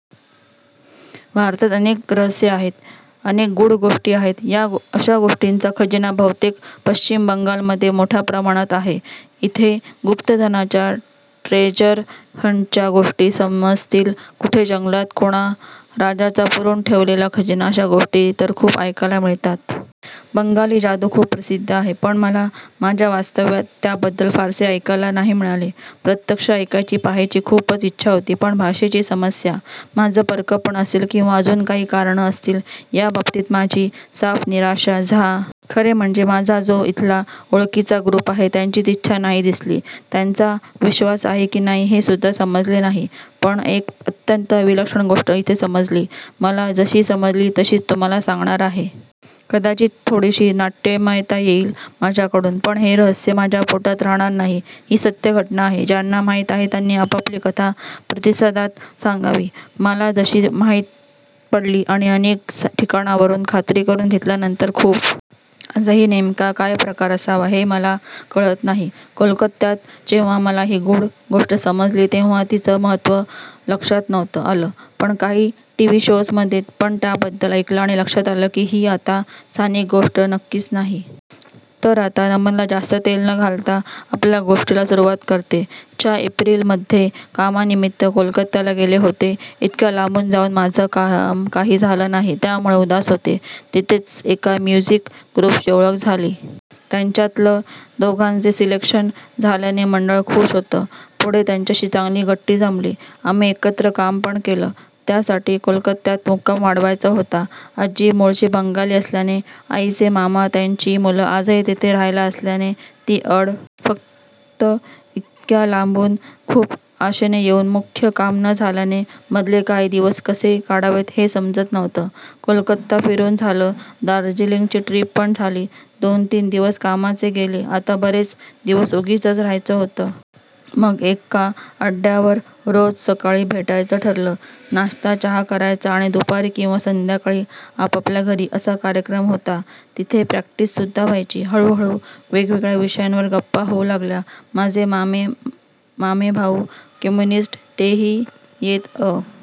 भारतात अनेक रहस्यं आहेत. अनेक गूढ गोष्टी आहेत. या अशा गोष्टींचा खजिना बहुतेक पश्चिम बंगाल मधे मोठ्या प्रमाणात आहे. इथे गुप्त धनाच्या, ट्रेजर हंटच्या गोष्टी समजतील, कुठे जंगलात कुणा राजाचा पुरून ठेवलेला खजिना अशा गोष्टी तर खूप ऐकायला मिळतात. बंगाली जादू खूप प्रसिद्ध आहे. पण मला माझ्या वास्तव्यात त्याबद्दल फारसे ऐकायला नाही मिळाले. प्रत्यक्ष ऐकायची पहायची खूपच इच्छा होती. पण भाषेची समस्या, माझं परकंपण असेल किंवा अजून काही कारणं असतील या बाबतीत माझी साफ निराशा झाला. खरे म्हणजे माझा जो इथला ओळखीचा ग्रुप आहे त्यांचीच इच्छा नाही दिसली. त्यांचा विश्वास आहे कि नाही हे सुद्धा समजले नाही. पण एक अत्यंत विलक्षण गोष्ट इथे समजली. मला जशी समजली तशीच तुम्हाला सांगणार आहे. कदाचित थोडीशी नाट्यमयता येईल माझ्याकडून. पण हे रहस्य माझ्या पोटात राहणारं नाही. ही सत्य घटना आहे. ज्यांना माहीत आहे त्यांनी आपापली कथा प्रतिसादात सांगावी. मला जशी माहीत पडली आणि अनेक ठिकाणावरून खात्री करून घेतल्यानंतर खूपच नवल वाटत राहीलं. आजही नेमका काय प्रकार असावा हे मला कळत नाही. कोलकात्यात जेव्हां मला ही गूढ गोष्ट समजली तेव्हां तिचं महत्व लक्षात नव्हतं आलं. पण काही टीव्ही शोज मधे पण त्याबद्दल ऐकलं आणि लक्षात आलं की ही आता स्थानिक गोष्ट नक्कीच नाही. तर आता नमनाला जास्त तेल न घालता आपल्या गोष्टीला सुरूवात करते. च्या एप्रिल मधे कामानिमित्त कोलकत्याला गेले होते. इतक्या लांबून जाऊन माझं काम काही झालं नाही. त्यामुळे उदास होते. तिथेच एका म्युझिक ग्रुपशी ओळख झाली. त्यांच्यातल्या दोघांचे सिलेक्शन झाल्याने मंडळ खूष होतं. पुढे त्यांच्याशी चांगली गट्टी जमली. आम्ही एकत्र काम पण केलं. त्यासाठी कोलकात्यात मुक्काम वाढवायचा होता. आजी मूळची बंगाली असल्याने आईचे मामा, त्यांची मुलं आजही तिथे रहायला असल्याने ती अडचण नव्हती. फक्त इतक्या लांबून खूप आशेने येऊन मुख्य काम न झाल्याने मधले काही दिवस कसे काढावेत हे समजत नव्हतं. कोलकाता फिरून झालं. दार्जिलिंगची ट्रीप पण झाली. दोन तीन दिवस कामाचे गेले. आता बरेच दिवस उगीचच रहायचं होतं. मग एका अड्ड्यावर रोज सकाळी भेटायचं ठरलं. नाश्ता चहा करायचा आणि दुपारी किंवा संध्याकाळी आपापल्या घरी असा कार्यक्रम होता. तिथे प्रॅक्टीस सुद्धा व्हायची. हळूहळू वेगवेगळ्या विषयांवर गप्पा होऊ लागल्या. माझे मामे-मामेभाऊ कम्युनिस्ट. ते ही येत अधून मधून.